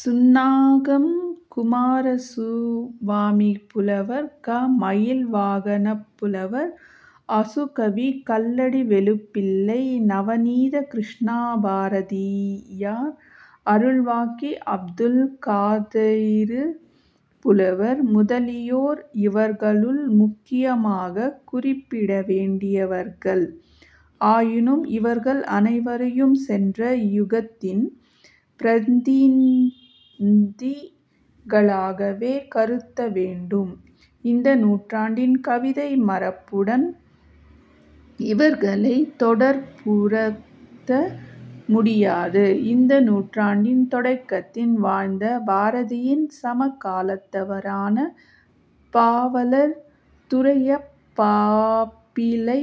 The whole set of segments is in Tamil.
சுன்னாகம் குமாரசுவாமிப்புலவர், க. மயில்வாகனப் புலவர், ஆசுகவி கல்லடி வேலுப்பிள்ளை, நவநீதகிருஷ்ணபாரதியார், அருள்வாக்கி அப்துல்காதிறுப் புலவர் முதலியோர் இவர்களுள் முக்கியமாகக் குறிப்பிடவேண்டியவர்கள். ஆயினும் இவர்கள் அனைவரையும் சென்ற யுகத்தின் பிரதிநிதிகளாகவே கருதவேண்டும். இந்த நூற்றாண்டின் கவிதை மரபுடன் இவர்களைத் தொடர்புறுத்த முடியாது. இந்த நூற்றாண்டின் தொடக்கத்தில் வாழ்ந்த, பாரதியின் சம காலத்தவரான பாவலர் துரையப்பாபிள்ளை,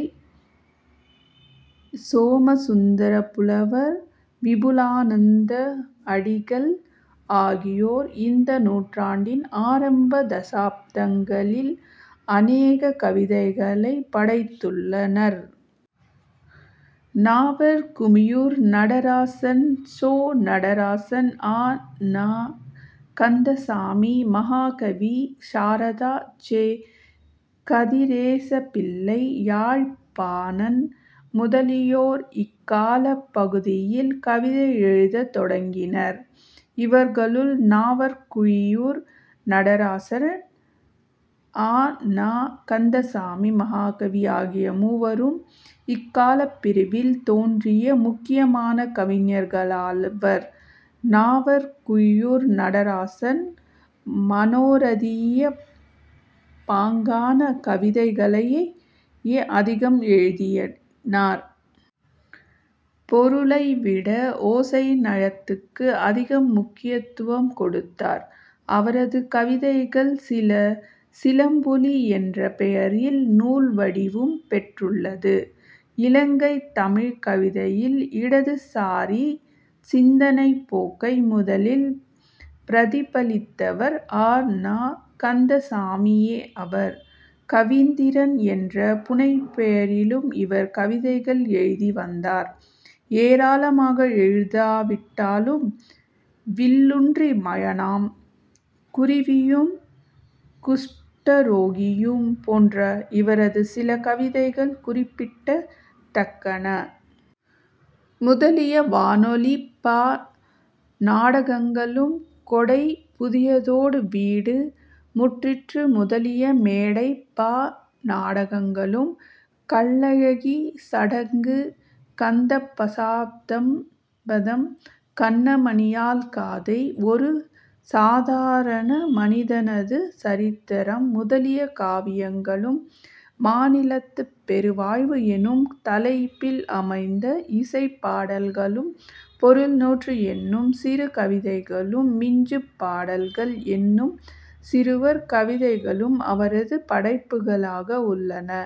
சோம சுந்தரப்புலவர், விபுலானந்த அடிகள் ஆகியோரும் இந்த நூற்றாண்டின் ஆரம்ப தசாப்தங்களில் அநேக கவிதைகளைப் படைத்துள்ளனர். நாவற் குழியூர் நடராசன், சோ. நடராசன், அ. ந. கந்தசாமி, மஹாகவி, சாரதா, செ. கதிரேசபிள்ளை, யாழ்ப்பாணன் முதலியோர், இக்காலப் பகுதியில் கவிதை எழுதத் தொடங்கினர். இவர்களுள் நாவற்குழியூர் நடராசன், அ. ந. கந்தசாமி, மஹாகவி ஆகிய மூவரும் இக்காலப்பிரிவில் தோன்றிய முக்கியமான கவிஞர்களாவர். நாவற்குழியூர் நடராசன் மனோரதியப் பாங்கான கவிதைகளையே அதிகம் எழுதினார். பொருளைவிட ஒசைநயத்துக்கு அதிகம் முக்கியத்துவம் கொடுத்தார். அவரது கவிதைகள் சில 'சிலம்பொலி' என்ற பெயரில் நூல்வடிவம் பெற்றுள்ளது. இலங்கைத் தமிழ் கவிதையில் இடதுசாரிச் சிந்தனை போக்கை முதலில் பிரதிபலித்தவர் அ. ந. கந்தசாமியே ஆவர். 'கவீந்திரன்' என்ற புனைபெயரிலும் இவர் கவிதைகள் எழுதிவந்தார். ஏராளமாக எழுதாவிட்டாலும் வில்லூன்றி மயானம், துறவியும் குஸ்டரோகியும் போன்ற இவரது சில கவிதைகள் குறிப்பிடத்தக்கன. முதலிய வானொலிப் பா நாடகங்களும், கோடை, புதியதொரு வீடு, முற்றிற்று முதலிய மேடைப் பா நாடகங்களும், கல்லழகி, சடங்கு, கந்தப்பசபதம், கண்மணியாள் காதை, ஒரு சாதாரண மனிதனது சரித்திரம் முதலிய காவியங்களும் மானிலத்துப் பெரு வாழ்வு எனும் தலைப்பில் அமைந்த இசைப்பாடல்களும் பொருள்நூறு என்னும் சிறு கவிதைகளும் பிஞ்சுப் பாடல்கள் என்னும் சிறுவர் கவிதைகளும் அவரது படைப்புக்களாக உள்ளன.